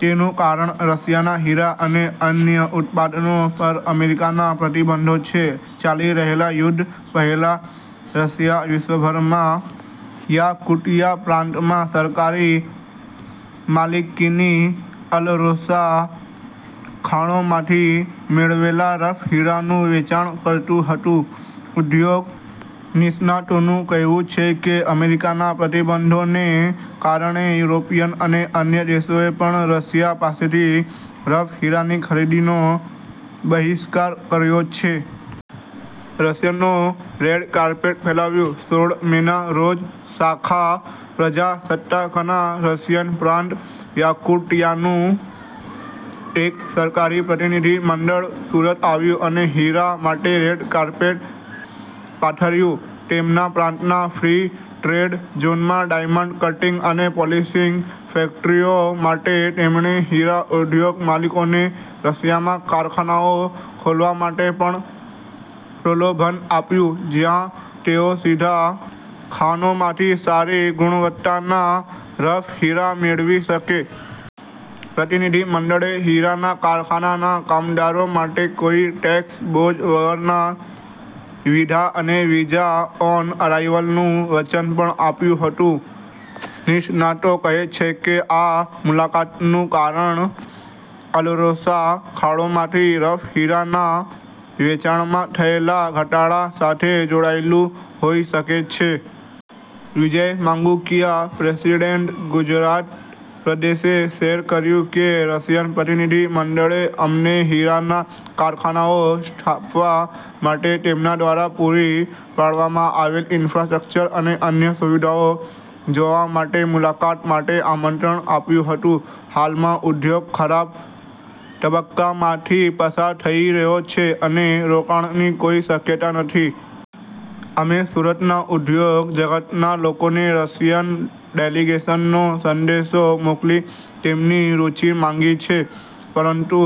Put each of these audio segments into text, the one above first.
તેનું કારણ રશિયાના હીરા અને અન્ય ઉત્પાદનો પર અમેરિકાના પ્રતિબંધો છે. ચાલી રહેલા યુદ્ધ પહેલા, રશિયા વિશ્વભરમાં યાકુતિયા પ્રાંતમાં સરકારી માલિકીની અલરોસા ખાણોમાંથી મેળવેલા રફ હીરાનું વેચાણ કરતું હતું. ઉદ્યોગ નિષ્ણાતોનું કહેવું છે કે અમેરિકાના પ્રતિબંધોને કારણે યુરોપિયન અને અન્ય દેશોએ પણ રશિયા પાસેથી રફ હીરાની ખરીદીનો બહિષ્કાર કર્યો છે. રશિયનો રેડ કાર્પેટ ફેલાવ્યું શોળ મેના રોજ, સાખા પ્રજાસત્તાકના રશિયન પ્રાંત યાકુટિયાનું એક સરકારી પ્રતિનિધિમંડળ સુરત આવ્યું અને હીરા માટે રેડ કાર્પેટ પાથર્યું. તેમના પ્રાંતના ફ્રી ટ્રેડ ઝોનમાં ડાયમંડ કટિંગ અને પોલિશિંગ ફેક્ટરીઓ માટે તેમણે હીરા ઉદ્યોગ માલિકોને રશિયામાં કારખાનાઓ ખોલવા માટે પણ પ્રલોભન આપ્યું, જ્યાં તેઓ સીધા ખાણોમાંથી સારી ગુણવત્તાના રફ હીરા મેળવી શકે. પ્રતિનિધિમંડળે હીરાના કારખાનાના કામદારો માટે કોઈ ટેક્સ બોજ વગરના વિધા અને વિઝા-ઓન-અરાઈવલનું વચન પણ આપ્યું હતું. નિષ્ણાતો કહે છે કે, આ મુલાકાતનું કારણ અલરોસા ખાણોમાંથી રફ હીરાના વેચાણમાં થયેલા ઘટાડા સાથે જોડાયેલું હોઈ શકે છે. વિજય માંગુકિયા, પ્રેસિડેન્ટ, ગુજરાત પ્રદેશે શેર કર્યું કે, રશિયન પ્રતિનિધિમંડળે અમને હીરાના કારખાનાઓ સ્થાપવા માટે તેમના દ્વારા પૂરી પાડવામાં આવેલ ઈન્ફ્રાસ્ટ્રક્ચર અને અન્ય સુવિધાઓ જોવા માટે મુલાકાત માટે આમંત્રણ આપ્યું હતું. હાલમાં, ઉદ્યોગ ખરાબ તબક્કામાંથી પસાર થઈ રહ્યો છે અને રોકાણની કોઈ શક્યતા નથી. અમે સુરતના ઉદ્યોગ જગતના લોકોને રશિયન ડેલિગેશનનો સંદેશો મોકલી તેમની રુચિ માંગી છે. પરંતુ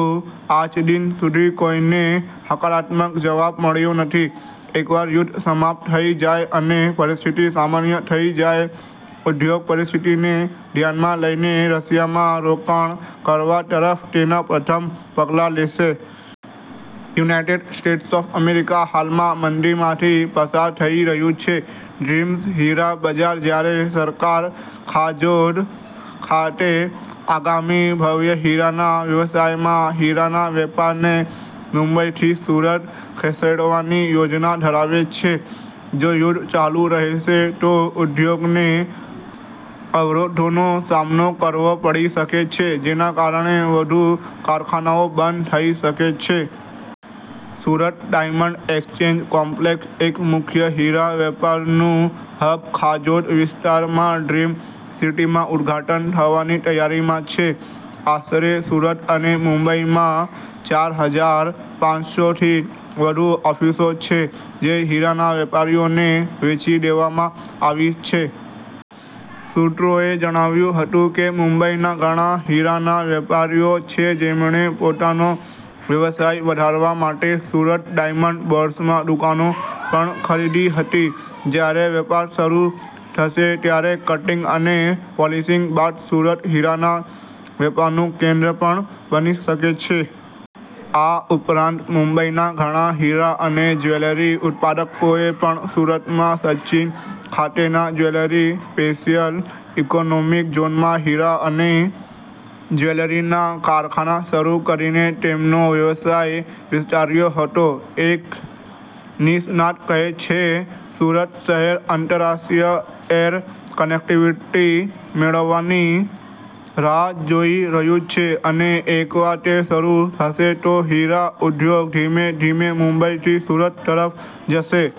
આજદિન સુધી કોઈને હકારાત્મક જવાબ મળ્યો નથી. એકવાર યુદ્ધ સમાપ્ત થઈ જાય અને પરિસ્થિતિ સામાન્ય થઈ જાય, ઉદ્યોગ પરિસ્થિતિને ધ્યાનમાં લઈને રશિયામાં રોકાણ કરવા તરફ તેના પ્રથમ પગલાં લેશે. યુનાઈટેડ સ્ટેટ્સ ઑફ અમેરિકા હાલમાં મંદીમાંથી પસાર થઈ રહ્યું છે. " 'ડ્રીમ' હીરા બજાર જ્યારે સરકાર ખાજોદ ખાતે આગામી ભવ્ય હીરાના વ્યવસાયમાં હીરાના વેપારને મુંબઈથી સુરત ખસેડવાની યોજના ધરાવે છે, જો યુદ્ધ ચાલુ રહેશે તો, ઉદ્યોગને અવરોધોનો સામનો કરવો પડી શકે છે, જેના કારણે વધુ કારખાનાઓ બંધ થઈ શકે છે. સુરત ડાયમંડ એક્સચેન્જ કોમ્પ્લેક્સ, એક મુખ્ય હીરા વેપારનું હબ, ખાજોદ વિસ્તારમાં ડ્રીમ સિટીમાં ઉદ્ઘાટન થવાની તૈયારીમાં છે. આશરે સુરત અને મુંબઈમાં ચાર હજાર પાંચસો થી વધુ ઓફિસો છે, જે હીરાના વેપારીઓને વેચી દેવામાં આવી છે. સૂત્રોએ જણાવ્યું હતું કે, મુંબઈના ઘણા હીરાના વેપારીઓ છે, જેમણે પોતાનો વ્યવસાય વધારવા માટે સુરત ડાયમંડ બોર્સમાં દુકાનો પણ ખરીદી હતી. જ્યારે વેપાર શરૂ થશે ત્યારે કટિંગ અને પોલિશિંગ બાદ સુરત હીરાના વેપારનું કેન્દ્ર પણ બની શકે છે. આ ઉપરાંત, મુંબઈના ઘણા હીરા અને જ્વેલરી ઉત્પાદકોએ પણ સુરતમાં સચિન ખાતેના જ્વેલરી સ્પેશિયલ ઈકોનોમિક ઝોનમાં હીરા અને જ્વેલરીના કારખાના શરૂ કરીને તેમનો વ્યવસાય વિસ્તાર્યો હતો. એક નિષ્ણાત કહે છે, "સુરત શહેર આંતરરાષ્ટ્રીય એર કનેક્ટિવિટી મેળવવાની રાહ જોઈ રહ્યું છે અને એકવાર તે શરૂ થશે, તો હીરા ઉદ્યોગ ધીમે ધીમે મુંબઈથી સુરત તરફ જશે. "